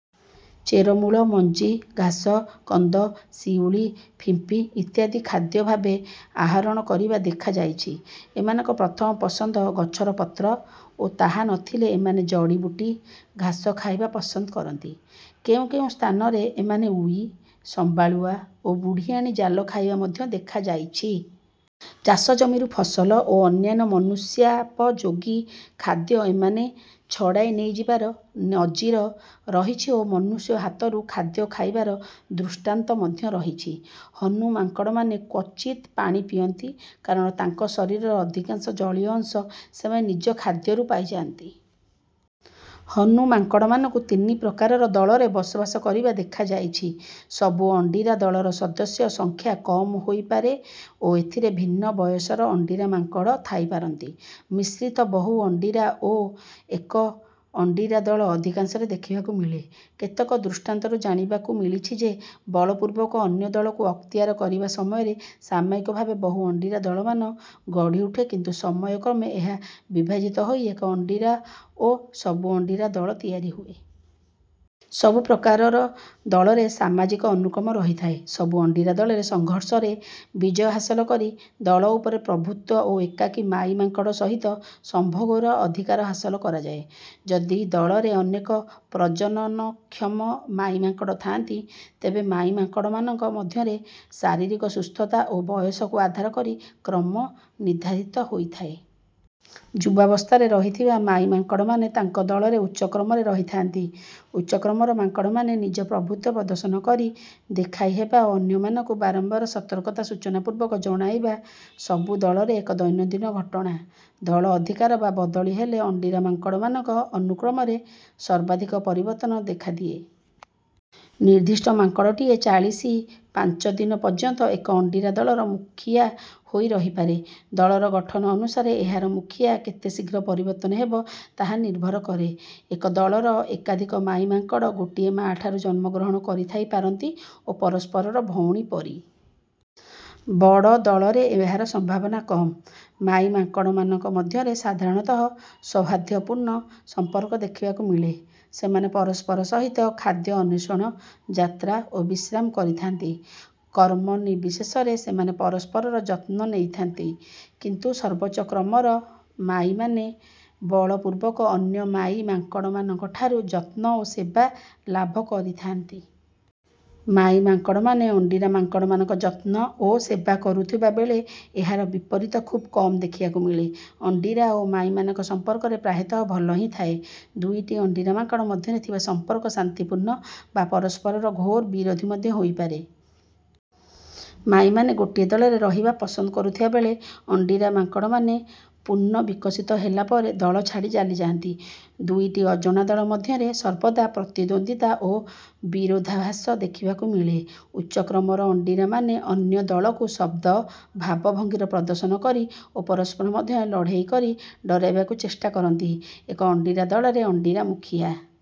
ଚେରମୂଳ, ମଞ୍ଜି, ଘାସ, କନ୍ଦ, ଶିଉଳି, ଫିମ୍ପି ଇତ୍ୟାଦି ଖାଦ୍ୟ ଭାବେ ଆହରଣ କରିବା ଦେଖାଯାଇଛି। ଏମାନଙ୍କ ପ୍ରଥମ ପସନ୍ଦ ଗଛର ପତ୍ର ଓ ତାହା ନ ଥିଲେ ଏମାନେ ଜଡ଼ିବୁଟି, ଘାସ ଖାଇବା ପସନ୍ଦ କରନ୍ତି। କେଉଁ କେଉଁ ସ୍ଥାନରେ ଏମାନେ ଉଇ, ସମ୍ବାଳୁଆ ଓ ବୁଢ଼ିଆଣୀ ଜାଲ ଖାଇବା ମଧ୍ୟ ଦେଖାଯାଇଛି। ଚାଷ ଜମିରୁ ଫସଲ ଓ ଅନ୍ୟାନ୍ୟ ମନୁଷ୍ୟୋପଯୋଗୀ ଖାଦ୍ୟ ଏମାନେ ଛଡ଼ାଇ ନେଇଯିବାର ନଜିର ରହିଚି ଓ ମନୁଷ୍ୟ ହାତରୁ ଖାଦ୍ୟ ଖାଇବାର ଦୃଷ୍ଟାନ୍ତ ମଧ୍ୟ ରହିଚି। ହନୁ ମାଙ୍କଡ଼ମାନେ କ୍ୱଚିତ ପାଣି ପିଅନ୍ତି; କାରଣ ତାଙ୍କ ଶରୀରର ଅଧିକାଂଶ ଜଳୀୟ ଅଂଶ ସେମାନେ ନିଜ ଖାଦ୍ୟରୁ ପାଇଯାନ୍ତି। ହନୁ ମାଙ୍କଡ଼ମାନଙ୍କୁ ତିନି ପ୍ରକାରର ଦଳରେ ବସବାସ କରିବା ଦେଖାଯାଇଛି: ସବୁ-ଅଣ୍ଡିରା ଦଳର ସଦସ୍ୟ ସଂଖ୍ୟା କମ ହୋଇପାରେ ଓ ଏଥିରେ ଭିନ୍ନ ବୟସର ଅଣ୍ଡିରା ମାଙ୍କଡ଼ ଥାଇପାରନ୍ତି। ମିଶ୍ରିତ ବହୁ-ଅଣ୍ଡିରା ଓ ଏକ-ଅଣ୍ଡିରା ଦଳ ଅଧିକାଂଶରେ ଦେଖିବାକୁ ମିଳେ। କେତେକ ଦୃଷ୍ଟାନ୍ତରୁ ଜାଣିବାକୁ ମିଳିଛି ଯେ ବଳପୂର୍ବକ ଅନ୍ୟ ଦଳକୁ ଅକ୍ତିଆର କରିବା ସମୟରେ ସାମୟିକ ଭାବେ ବହୁ-ଅଣ୍ଡିରା ଦଳମାନ ଗଢ଼ିଉଠେ କିନ୍ତୁ ସମୟକ୍ରମେ ଏହା ବିଭାଜିତ ହୋଇ ଏକ-ଅଣ୍ଡିରା ଓ ସବୁ-ଅଣ୍ଡିରା ଦଳ ତିଆରି ହୁଏ। ସବୁ ପ୍ରକାରର ଦଳରେ ସାମାଜିକ ଅନୁକ୍ରମ ରହିଥାଏ। ସବୁ-ଅଣ୍ଡିରା ଦଳରେ ସଂଘର୍ଷରେ ବିଜୟ ହାସଲ କରି ଦଳ ଉପରେ ପ୍ରଭୁତ୍ୱ ଓ ଏକାକୀ ମାଈ ମାଙ୍କଡ଼ ସହିତ ସମ୍ଭୋଗର ଅଧିକାର ହାସଲ କରାଯାଏ। ଯଦି ଦଳରେ ଅନେକ ପ୍ରଜନନକ୍ଷମ ମାଈ ମାଙ୍କଡ଼ ଥାନ୍ତି, ତେବେ ମାଈ ମାଙ୍କଡ଼ମାନଙ୍କ ମଧ୍ୟରେ ଶାରୀରିକ ସୁସ୍ଥତା ଓ ବୟସକୁ ଆଧାର କରି କ୍ରମ ନିର୍ଦ୍ଧାରିତ ହୋଇଥାଏ। ଯୁବାବସ୍ଥାରେ ରହିଥିବା ମାଈ ମାଙ୍କଡ଼ମାନେ ତାଙ୍କ ଦଳରେ ଉଚ୍ଚ କ୍ରମରେ ରହିଥାନ୍ତି। ଉଚ୍ଚ କ୍ରମର ମାଙ୍କଡ଼ମାନେ ନିଜ ପ୍ରଭୁତ୍ୱ ପ୍ରଦର୍ଶନ କରି ଦେଖାଇହେବା ଓ ଅନ୍ୟମାନଙ୍କୁ ବାରମ୍ବାର ସତର୍କତା ସୂଚନାପୂର୍ବକ ଜଣାଇବା ସବୁ ଦଳରେ ଏକ ଦୈନନ୍ଦିନ ଘଟଣା। ଦଳ ଅଧିକାର ବା ବଦଳି ହେଲେ ଅଣ୍ଡିରା ମାଙ୍କଡ଼ମାନଙ୍କ ଅନୁକ୍ରମରେ ସର୍ବାଧିକ ପରିବର୍ତ୍ତନ ଦେଖାଦିଏ। ନିର୍ଦ୍ଦିଷ୍ଟ ମାଙ୍କଡ଼ଟିଏ ଚାଳିଶି ପାଞ୍ଚ ଦିନ ପର୍ଯ୍ୟନ୍ତ ଏକ-ଅଣ୍ଡିରା ଦଳର ମୁଖିଆ ହୋଇ ରହିପାରେ। ଦଳର ଗଠନ ଅନୁସାରେ ଏହାର ମୁଖିଆ କେତେ ଶୀଘ୍ର ପରିବର୍ତ୍ତନ ହେବ ତାହା ନିର୍ଭର କରେ। ଏକ ଦଳର ଏକାଧିକ ମାଈ ମାଙ୍କଡ଼ ଗୋଟିଏ ମା'ଠାରୁ ଜନ୍ମଗ୍ରହଣ କରିଥାଇପାରନ୍ତି ଓ ପରସ୍ପରର ଭଉଣୀ ପରି। ବଡ଼ ଦଳରେ ଏହାର ସମ୍ଭାବନା କମ। ମାଈ ମାଙ୍କଡ଼ମାନଙ୍କ ମଧ୍ୟରେ ସାଧାରଣତଃ ସୌହାର୍ଦ୍ଦ୍ୟପୂର୍ଣ୍ଣ ସମ୍ପର୍କ ଦେଖିବାକୁ ମିଳେ। ସେମାନେ ପରସ୍ପର ସହିତ ଖାଦ୍ୟ ଅନ୍ୱେଷଣ, ଯାତ୍ରା ଓ ବିଶ୍ରାମ କରିଥାନ୍ତି। କ୍ରମ ନିର୍ବିଶେଷରେ ସେମାନେ ପରସ୍ପରର ଯତ୍ନ ନେଇଥାନ୍ତି। କିନ୍ତୁ ସର୍ବୋଚ୍ଚ-କ୍ରମର ମାଈମାନେ ବଳପୂର୍ବକ ଅନ୍ୟ ମାଈ ମାଙ୍କଡ଼ମାନଙ୍କଠାରୁ ଯତ୍ନ ଓ ସେବା ଲାଭ କରିଥାନ୍ତି। ମାଈ ମାଙ୍କଡ଼ମାନେ ଅଣ୍ଡିରା ମାଙ୍କଡ଼ମାନଙ୍କ ଯତ୍ନ ଓ ସେବା କରୁଥିବା ବେଳେ ଏହାର ବିପରୀତ ଖୁବ କମ ଦେଖିବାକୁ ମିଳେ। ଅଣ୍ଡିରା ଓ ମାଈମାନଙ୍କ ସମ୍ପର୍କ ପ୍ରାୟତଃ ଭଲ ହିଁ ଥାଏ। ଦୁଇଟି ଅଣ୍ଡିରା ମାଙ୍କଡ଼ ମଧ୍ୟରେ ଥିବା ସମ୍ପର୍କ ଶାନ୍ତିପୂର୍ଣ୍ଣ ବା ପରସ୍ପରର ଘୋର ବିରୋଧୀ ମଧ୍ୟ ହୋଇପାରେ। ମାଈମାନେ ଗୋଟିଏ ଦଳରେ ରହିବା ପସନ୍ଦ କରୁଥିବା ବେଳେ ଅଣ୍ଡିରା ମାଙ୍କଡ଼ମାନେ ପୂର୍ଣ୍ଣ ବିକଶିତ ହେଲା ପରେ ଦଳ ଛାଡ଼ି ଚାଲିଯାଆନ୍ତି। ଦୁଇଟି ଅଜଣା ଦଳ ମଧ୍ୟରେ ସର୍ବଦା ପ୍ରତିଦ୍ୱନ୍ଦ୍ୱିତା ଓ ବିରୋଧାଭାସ ଦେଖିବାକୁ ମିଳେ। ଉଚ୍ଚ କ୍ରମର ଅଣ୍ଡିରାମାନେ ଅନ୍ୟ ଦଳକୁ ଶବ୍ଦ, ଭାବଭଙ୍ଗୀର ପ୍ରଦର୍ଶନ କରି ଓ ପରସ୍ପର ମଧ୍ୟରେ ଲଢ଼େଇ କରି ଡରାଇବାକୁ ଚେଷ୍ଟା କରନ୍ତି। ଏକ-ଅଣ୍ଡିରା ଦଳରେ ଅଣ୍ଡିରା ମୁଖିଆ